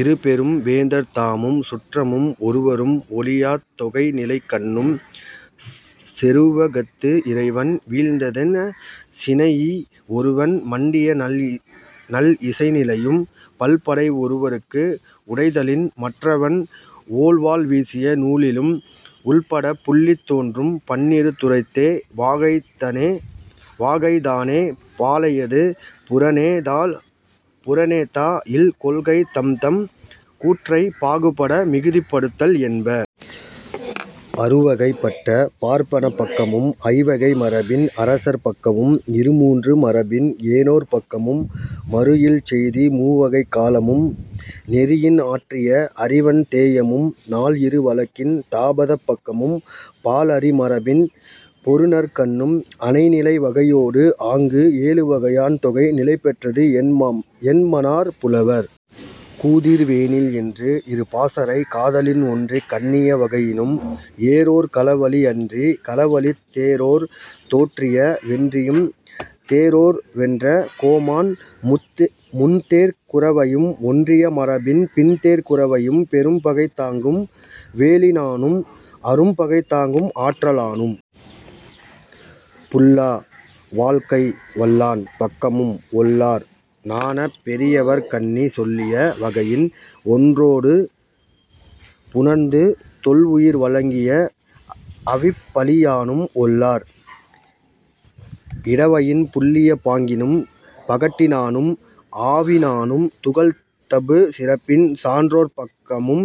இரு பெரு வேந்தர்தாமும் சுற்றமும் ஒருவரும் ஒழியாத் தொகைநிலைக்கண்ணும் செருவகத்து இறைவன் வீழ்ந்ததென்ன சினைஇ ஒருவன் மண்டிய நல் இசை நிலையும் பல் படை ஒருவற்கு உடைதலின் மற்றவன் ஒள் வாள் வீசிய நூழிலும் உளப்படப் புல்லித் தோன்றும் பன்னிரு துறைத்தே. வாகைதானே பாலையது புறனே தா இல் கொள்கைத் தம்தம் கூற்றைப் பாகுபட மிகுதிப் படுத்தல் என்ப. அறு வகைப் பட்ட பார்ப்பனப் பக்கமும் ஐ வகை மரபின் அரசர் பக்கமும் இரு மூன்று மரபின் ஏனோர் பக்கமும் மறு இல் செய்தி மூ வகைக் காலமும் நெறியின் ஆற்றிய அறிவன் தேயமும் நால் இரு வழக்கின் தாபதப் பக்கமும் பால் அறி மரபின் பொருநர்கண்ணும் அனை நிலை வகையொடு ஆங்கு எழு வகையான் தொகை நிலைபெற்றது என்மனார் புலவர். கூதிர் வேனில் என்று இரு பாசறைக் காதலின் ஒன்றிக் கண்ணிய வகையினும் ஏரோர் களவழி அன்றி களவழித் தேரோர் தோற்றிய வென்றியும் தேரோர் வென்ற கோமான் முன்தேர்க் குரவையும் ஒன்றிய மரபின் பின்தேர்க் குரவையும் பெரும் பகை தாங்கும் வேலினானும் அரும் பகை தாங்கும் ஆற்றலானும் புல்லா வாழ்க்கை வல்லாண் பக்கமும் ஒல்லார் நாண பெரியவர்க் கண்ணிச் சொல்லிய வகையின் ஒன்றொடு புணர்ந்து தொல் உயிர் வழங்கிய அவிப்பலியானும் ஒல்லார் இடவயின் புல்லிய பாங்கினும் பகட்டினானும் ஆவினானும் துகள் தபு சிறப்பின் சான்றோர் பக்கமும்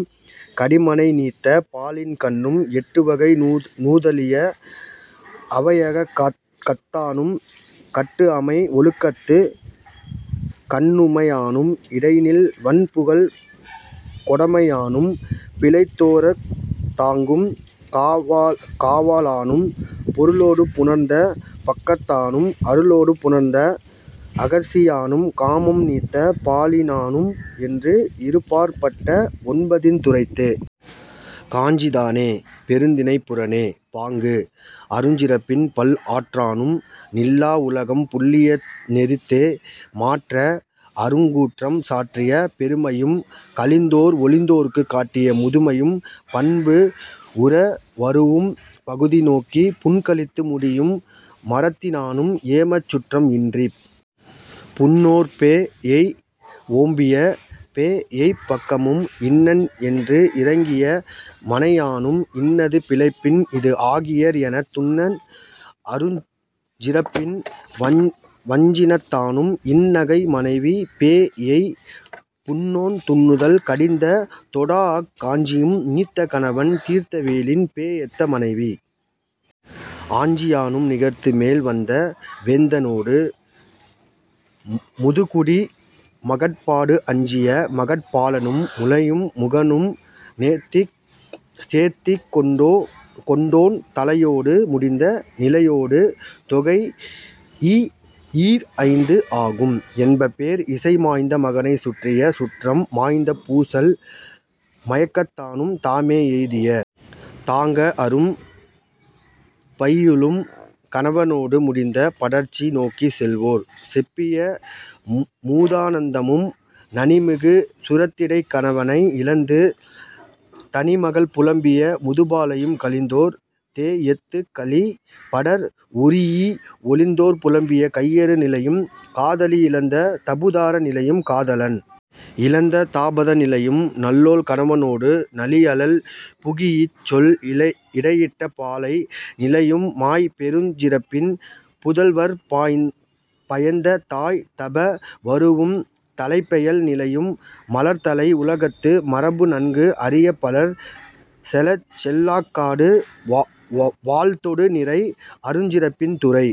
கடி மனை நீத்த பாலின்கண்ணும் எட்டு வகை நுதலிய அவையகத்தானும் கட்டு அமை ஒழுக்கத்துக் கண்ணுமையானும் இடை இல் வண் புகழ்க் கொடைமையானும் பிழைத்தோர தாங்கும் காவலானும் பொருளொடு புணர்ந்த பக்கத்தானும் அருளொடு புணர்ந்த அகற்சியானும் காமம் நீத்த பாலினானும் என்று இரு பாற் பட்ட ஒன்பதின் துறைத்தே. காஞ்சிதானே பெருந்திணைப் புறனே பாங்கு அருஞ் சிறப்பின் பல் ஆற்றானும் நில்லா உலகம் புல்லிய நெறித்தே. மாற்ற அருங் கூற்றம் சாற்றிய பெருமையும் கழிந்தோர் ஒழிந்தோர்க்குக் காட்டிய முதுமையும் பண்பு உற வரூஉம் பகுதி நோக்கிப் புண் கிழித்து முடியும் மறத்தினானும் ஏமச் சுற்றம் இன்றிப் புண்ணோற் பேஎய் ஓம்பிய பேஎய்ப் பக்கமும் இன்னன் என்று இரங்கிய மனையானும் இன்னது பிழைப்பின் இது ஆகியர் எனத் துன்ன அருஞ் சிறப்பின் வஞ்சினத்தானும் இன் நகை மனைவி பேஎய் புண்ணோன் துன்னுதல் கடிந்த தொடாஅக் காஞ்சியும் நீத்த கணவன் தீர்த்த வேலின் பேஎத்த மனைவி ஆஞ்சியானும் நிகர்த்து மேல் வந்த வேந்தனொடு முதுகுடி மகட்பாடு அஞ்சிய மகட்பாலானும் முலையும் முகனும் சேர்த்திக் கொண்டோ ன் தலையொடு முடிந்த நிலையொடு தொகைஇ ஈர் ஐந்து ஆகும் என்ப பேர் இசை மாய்ந்த மகனைச் சுற்றிய சுற்றம் மாய்ந்த பூசல் மயக்கத்தானும் தாமே எய்திய தாங்க அரும் பையுளும் கணவனொடு முடிந்த படர்ச்சி நோக்கிச் செல்வோர் செப்பிய மூதானந்தமும் நனி மிகு சுரத்திடைக் கணவனை இழந்து தனி மகள் புலம்பிய முதுபாலையும் கழிந்தோர் தேஎத்துக் கழி படர் உறீஇ ஒழிந்தோர் புலம்பிய கையறு நிலையும் காதலி இழந்த தபுதார நிலையும் காதலன் இழந்த தாபத நிலையும் நல்லோள் கணவனொடு நளி அழல் புகீஇச் சொல் இடையிட்ட பாலை நிலையும் மாய் பெருஞ் சிறப்பின் புதல்வற் பயந்த தாய் தப வரூஉம் தலைப்பெயல் நிலையும் மலர் தலை உலகத்து மரபு நன்கு அறியப் பலர் செலச் செல்லாக் காடு வாழ்த்தொடு நிறை அருஞ் சிறப்பின் துறை